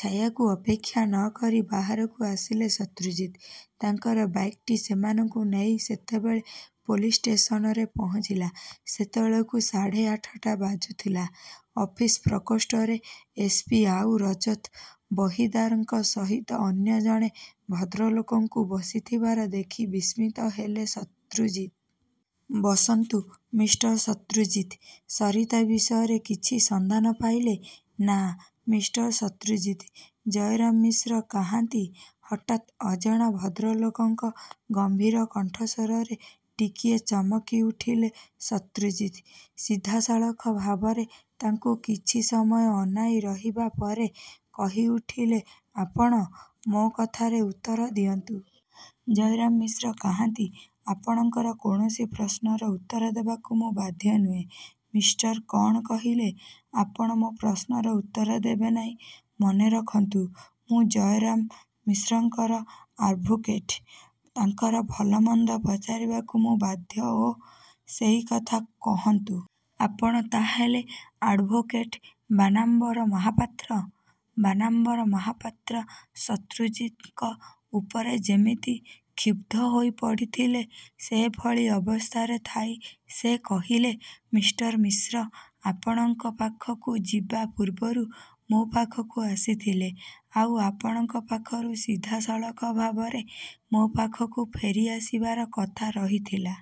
ଛାୟାକୁ ଅପେକ୍ଷା ନ କରି ବାହାରକୁ ଆସିଲେ ଶତ୍ରୁଜିତ୍। ତାଙ୍କର ବାଇକ୍ଟି ସେମାନଙ୍କୁ ନେଇ ଯେତେବେଳେ ପୋଲିସ୍ ଷ୍ଟେସନରେ ପହଞ୍ଚିଲା, ସେତେବେଳକୁ ସାଢ଼େ ଆଠଟା ବାଜୁଥିଲା। ଅଫିସ ପ୍ରକୋଷ୍ଠରେ ଏସ. ପି. ଆଉ ରଜତ ବହିଦାରଙ୍କ ସହିତ ଅନ୍ୟ ଜଣେ ଭଦ୍ରଲୋକଙ୍କୁ ବସିଥିବାର ଦେଖି ବିସ୍ମିତ ହେଲେ ଶତ୍ରୁଜିତ୍। ବସନ୍ତୁ ମିଷ୍ଟର ଶତ୍ରୁଜିତ୍! ସରିତା ବିଷୟରେ କିଛି ସନ୍ଧାନ ପାଇଲେ? ନା। ମିଷ୍ଟର ଶତ୍ରୁଜିତ୍! ଜୟରାମ ମିଶ୍ର କାହାନ୍ତି? ହଠାତ୍ ଅଜଣା ଭଦ୍ରଲୋକଙ୍କ ଗମ୍ଭୀର କଣ୍ଠସ୍ୱରରେ ଟିକିଏ ଚମକିଉଠିଲେ ଶତ୍ରୁଜିତ୍। ସିଧାସଳଖ ଭାବରେ ତାଙ୍କୁ କିଛି ସମୟ ଅନାଇ ରହିବା ପରେ କହିଉଠିଲେଆପଣ? ମୋ କଥାରେ ଉତ୍ତର ଦିଅନ୍ତୁ! ଜୟରାମ ମିଶ୍ର କାହାନ୍ତି? ଆପଣଙ୍କର କୌଣସି ପ୍ରଶ୍ନର ଉତ୍ତର ଦେବାକୁ ମୁଁ ବାଧ୍ୟ ନୁହେଁ, ମିଷ୍ଟର କ'ଣ କହିଲେ, ଆପଣ ମୋ ପ୍ରଶ୍ନର ଉତ୍ତର ଦେବେ ନାହିଁ? ମନେରଖନ୍ତୁ ମୁଁ ଜୟରାମ ମିଶ୍ରଙ୍କର ଆଡ୍ଭୋକେଟ। ତାଙ୍କର ଭଲମନ୍ଦ ପଚାରିବାକୁ ମୁଁ ବାଧ୍ୟ ଓ! ସେଇକଥା କହନ୍ତୁ। ଆପଣ ତା'ହେଲେ ଆଡ୍ଭୋକେଟ ବାନାମ୍ବର ମହାପାତ୍ର? ବାନାମ୍ବର ମହାପାତ୍ର ଶତ୍ରୁଜିତଙ୍କ ଉପରେ ଯେମିତି କ୍ଷୁବ୍ଧ ହୋଇପଡ଼ିଥିଲେ। ସେହିଭଳି ଅବସ୍ଥାରେ ଥାଇ ସେ କହିଲେ-ମିଷ୍ଟର ମିଶ୍ର ଆପଣଙ୍କ ପାଖକୁ ଯିବା ପୂର୍ବରୁ ମୋ ପାଖକୁ ଆସିଥିଲେ, ଆଉ ଆପଣଙ୍କ ପାଖରୁ ସିଧାସଳଖ ଭାବରେ ମୋ ପାଖକୁ ଫେରିଆସିବାର କଥା ରହିଥିଲା।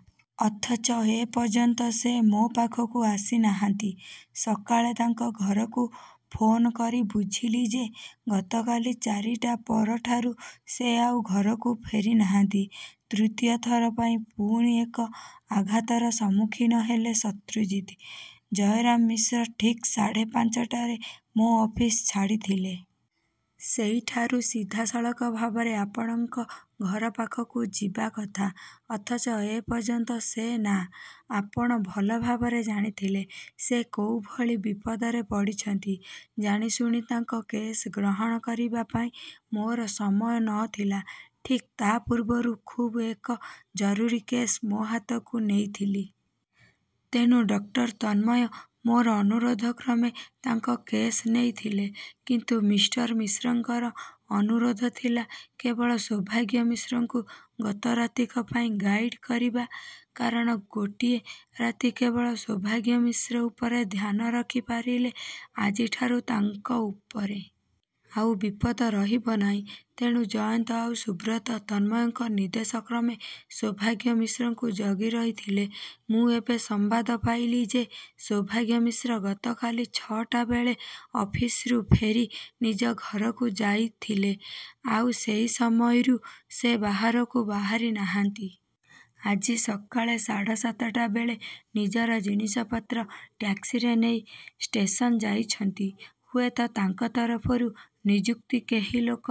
ଅଥଚ ଏପର୍ଯ୍ୟନ୍ତ ସେ ମୋ ପାଖକୁ ଆସିନାହାନ୍ତି। ସକାଳେ ତାଙ୍କ ଘରକୁ ଫୋନ୍କରି ବୁଝିଲି ଯେ ଗତକାଲି ଚାରିଟା ପରଠାରୁ ସେ ଆଉ ଘରକୁ ଫେରିନାହାନ୍ତି। ତୃତୀୟ ଥର ପାଇଁ ପୁଣି ଏକ ଆଘାତର ସମ୍ମୁଖୀନ ହେଲେ ଶତ୍ରୁଜିତ୍। ଜୟରାମ ମିଶ୍ର ଠିକ୍ ସାଢ଼େ ପାଞ୍ଚଟାରେ ମୋ ଅଫିସ ଛାଡ଼ିଥିଲେ। ସେଇଠାରୁ ସିଧାସଳଖ ଭାବରେ ଆପଣଙ୍କ ଘର ପାଖକୁ ଯିବା କଥା ଅଥଚ ଏପର୍ଯ୍ୟନ୍ତ ସେ ନା। ଆପଣ ଭଲ ଭାବରେ ଜାଣିଥିଲେ ସେ କୋଉଭଳି ବିପଦରେ ପଡ଼ିଛନ୍ତି। ଜାଣିଶୁଣି ତାଙ୍କ କେସ୍ ଗ୍ରହଣ କରିବାପାଇଁ ମୋର ସମୟ ନ ଥିଲା। ଠିକ୍ ତା ପୂର୍ବରୁ ଖୁବ୍ ଏକ ଜରୁରୀ କେସ୍ ମୋ ହାତକୁ ନେଇଥିଲି। ତେଣୁ ଡକ୍ଟର ତନ୍ମୟ ମୋର ଅନୁରୋଧକ୍ରମେ ତାଙ୍କ କେସ୍ ନେଇଥିଲେ। କିନ୍ତୁ ମିଷ୍ଟର ମିଶ୍ରଙ୍କର ଅନୁରୋଧ ଥିଲା କେବଳ ସୌଭାଗ୍ୟ ମିଶ୍ରଙ୍କୁ ଗତ ରାତିକ ପାଇଁ ଗାଇଡ୍ କରିବା। କାରଣ ଗୋଟିଏ ରାତି କେବଳ ସୌଭାଗ୍ୟ ମିଶ୍ର ଉପରେ ଧ୍ୟାନ ରଖିପାରିଲେ ଆଜିଠାରୁ ତାଙ୍କ ଉପରେ। ଆଉ ବିପଦ ରହିବ ନାହିଁ। ତେଣୁ ଜୟନ୍ତ ଆଉ ସୁବ୍ରତ ତନ୍ମୟଙ୍କ ନିର୍ଦ୍ଦେଶକ୍ରମେ ସୌଭାଗ୍ୟ ମିଶ୍ରଙ୍କୁ ଜଗିରହିଥିଲେ। ମୁଁ ଏବେ ସମ୍ବାଦ ପାଇଲି ଯେ ସୌଭାଗ୍ୟ ମିଶ୍ର ଗତକାଲି ଛଅଟାବେଳେ ଅଫିସରୁ ଫେରି ନିଜ ଘରକୁ ଯାଇଥିଲେ, ଆଉ ସେଇ ସମୟରୁ ସେ ବାହାରକୁ ବାହାରିନାହାନ୍ତି। ଆଜି ସକାଳେ ସାଢ଼େ ସାତଟା ବେଳେ ନିଜର ଜିନିଷପତ୍ର ଟ୍ୟାକ୍ସିରେ ନେଇ ଷ୍ଟେସନ ଯାଇଛନ୍ତି। ହୁଏତ ତାଙ୍କ ତରଫରୁ ନିଯୁକ୍ତ କେହି ଲୋକ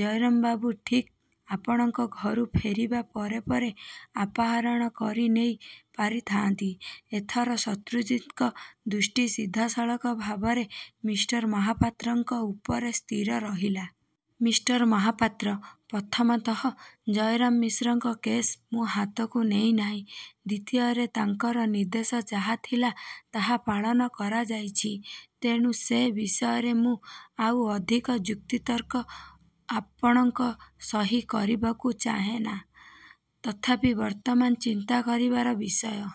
ଜୟରାମବାବୁ ଠିକ୍ ଆପଣଙ୍କ ଘରୁ ଫେରିବା ପରେ ପରେ ଆପହରଣ କରି ନେଇ ପାରିଥାଆନ୍ତି? ଏଥର ଶତ୍ରୁଜିତଙ୍କ ଦୃଷ୍ଟି ସିଧାସଳଖ ଭାବରେ ମିଷ୍ଟର ମହାପାତ୍ରଙ୍କ ଉପରେ ସ୍ଥିର ରହିଲା। ମିଷ୍ଟର ମହାପାତ୍ର! ପ୍ରଥମତଃ ଜୟରାମ ମିଶ୍ରଙ୍କ କେସ୍ ମୁଁ ହାତକୁ ନେଇନାହିଁ। ଦ୍ୱିତୀୟରେ, ତାଙ୍କର ନିର୍ଦ୍ଦେଶ ଯାହା ଥିଲା ତାହା ପାଳନ କରାଯାଇଛି। ତେଣୁ ସେ ବିଷୟରେ ମୁଁ ଆଉ ଅଧିକ ଯୁକ୍ତିତର୍କ ଆପଣଙ୍କ ସହି କରିବାକୁ ଚାହେନା। ତଥାପି ବର୍ତ୍ତମାନ ଚିନ୍ତା କରିବାର ବିଷୟ